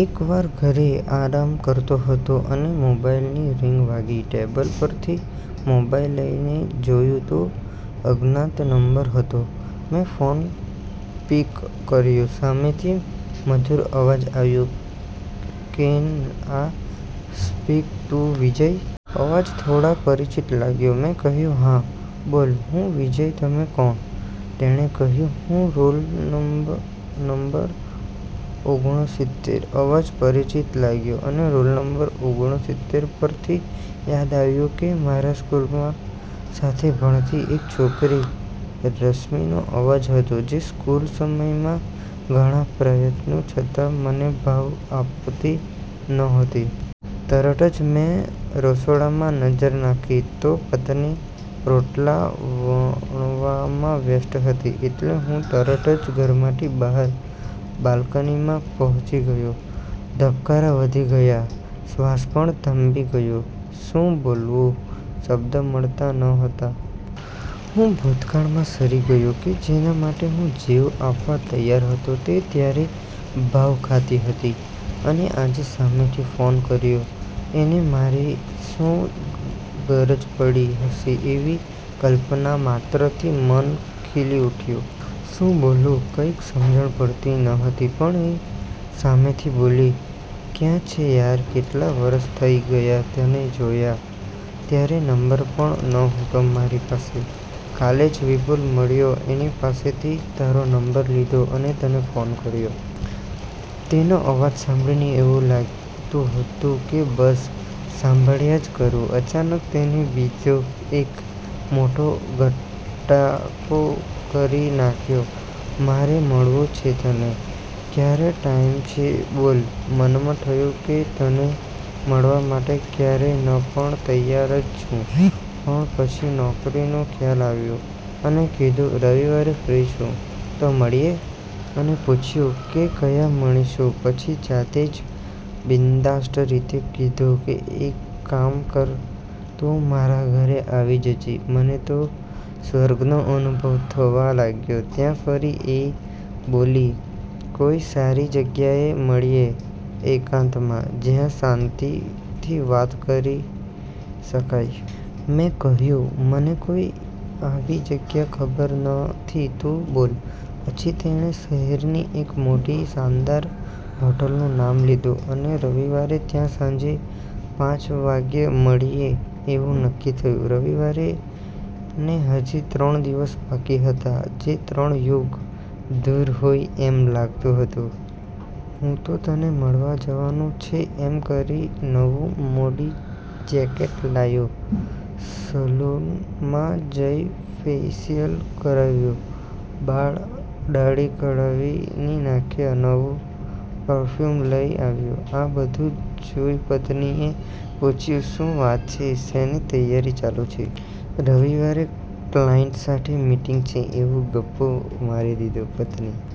એક વાર ઘરે આરામ કરતો હતો અને મોબાઈલ ની રિંગ વાગી ટેબલ પર થી મોબાઈલ લઈ ને જોયું તો અજ્ઞાત નંબર હતો મેં ફોન પિક કર્યો સામે થી મધુર અવાજ આવ્યો can I speak to Vijay? અવાજ થોડા પરિચિત લાગ્યો મેં કહ્યું હા બોલ હું વિજય તમે કોણ? તેણે કહ્યું હું રોલ નંબ નમ્બર ઓગણોસિત્તેર. અવાજ પરિચિત લાગ્યો અને રોલ નમ્બર ઓગણો સિત્તેર પર થી યાદ આવ્યું કે મારા સ્કૂલ માં સાથે ભણતી એક છોકરી રશ્મિનો અવાજ હતો, જે સ્કૂલ સમયમાં ઘણા પ્રયત્નો છતાં મને ભાવ આપતી નહોતી. તરત જ મેં રસોડામાં નજર નાખી તો પત્ની રોટલા વણવામાં વ્યસ્ત હતી, એટલે હું તરત જ ઘરમાંથી બહાર બાલ્કની માં પહોંચી ગયો, ધબકારા વધી ગયા, શ્વાસ પણ થંભી ગયો. શું બોલવું શબ્દ મળતા નહોતા. હું ભૂતકાળમાં સરી ગયો કે જેના માટે હું જીવ આપવા તૈયાર હતો તે ત્યારે ભાવ ખાતી હતી અને આજે સામેથી ફોન કર્યો એને મારી શું ગરજ પડી હશે એવી કલ્પના માત્ર થી મન ખીલી ઉઠ્યું. શું બોલવું કંઇક સમજણ પડતી નહતી પણ એ સામેથી બોલી: ક્યાં છે યાર, કેટલા વરસ થઈ ગયા તને જોયા, ત્યારે નમ્બર પણ નહતો મારી પાસે. કાલે જ વિપુલ મળ્યો એની પાસેથી તારો નમ્બર લીધો અને તને ફોન કર્યો. તેનો અવાજ સાંભળીને એવું લાગતું હતું કે બસ સાંભળ્યા જ કરું. અચાનક તેને બીજો એક મોટો ભટાકો કરી નાખ્યો, મારે મળવું છે તને ક્યારે ટાઈમ છે બોલ! મનમાં થયું કે તને મળવા માટે ક્યારેય નપણ તૈયાર જ છુ, પણ પછી નોકરીનો ખ્યાલ આવ્યો અને કીધું રવિવારે ફ્રી છુ તો મળીએ. અને પૂછ્યું કે કયા મળીશું પછી જાતે જ બિન્ધાસ્ટ રીતે કીધું એક કામ કર તું મારા ઘરે આવી જજે. મને તો સ્વર્ગનો અનુભવ થવા લાગ્યો ત્યાં ફરી એ બોલી કોઈ સારી જગ્યાએ મળીયે એકાંતમાં જ્યાં શાંતિથી વાત કરી શકાય. મેં કહ્યું મને કોઈ આવી જગ્યા ખબર નથી તું બોલ. પછી તેણે શહેર ની એક મોટી શાનદાર હોટેલનું નામ લીધું અને રવિવારે ત્યાં સાંજે પાંચ વાગ્યે મળીએ એવું નક્કી થયું. રવિવારે ને હજી ત્રણ દિવસ બાકી હતા જે ત્રણ યુગ દૂર હોય એમ લાગતું હતું. હું તો તને મળવા જવાનું છે એમ કરી નવું મોદી જેકેટ લાયો, સલૂન માં જઈ ફેસિયલ કરાવ્યું, બાળ ડાઢી કઢાવી ની નાખ્યા, નવું પરફ્યુમ લઈ આવ્યો આ બધું જોઈ પત્ની એ પૂછ્યું શું વાત છે શેની તૈયારી ચાલુ છે? રવિવારે ત્લાઇન્ટ સાથે મિટિંગ છે એવું ગપ્પુ મારી દીધું. પત્ની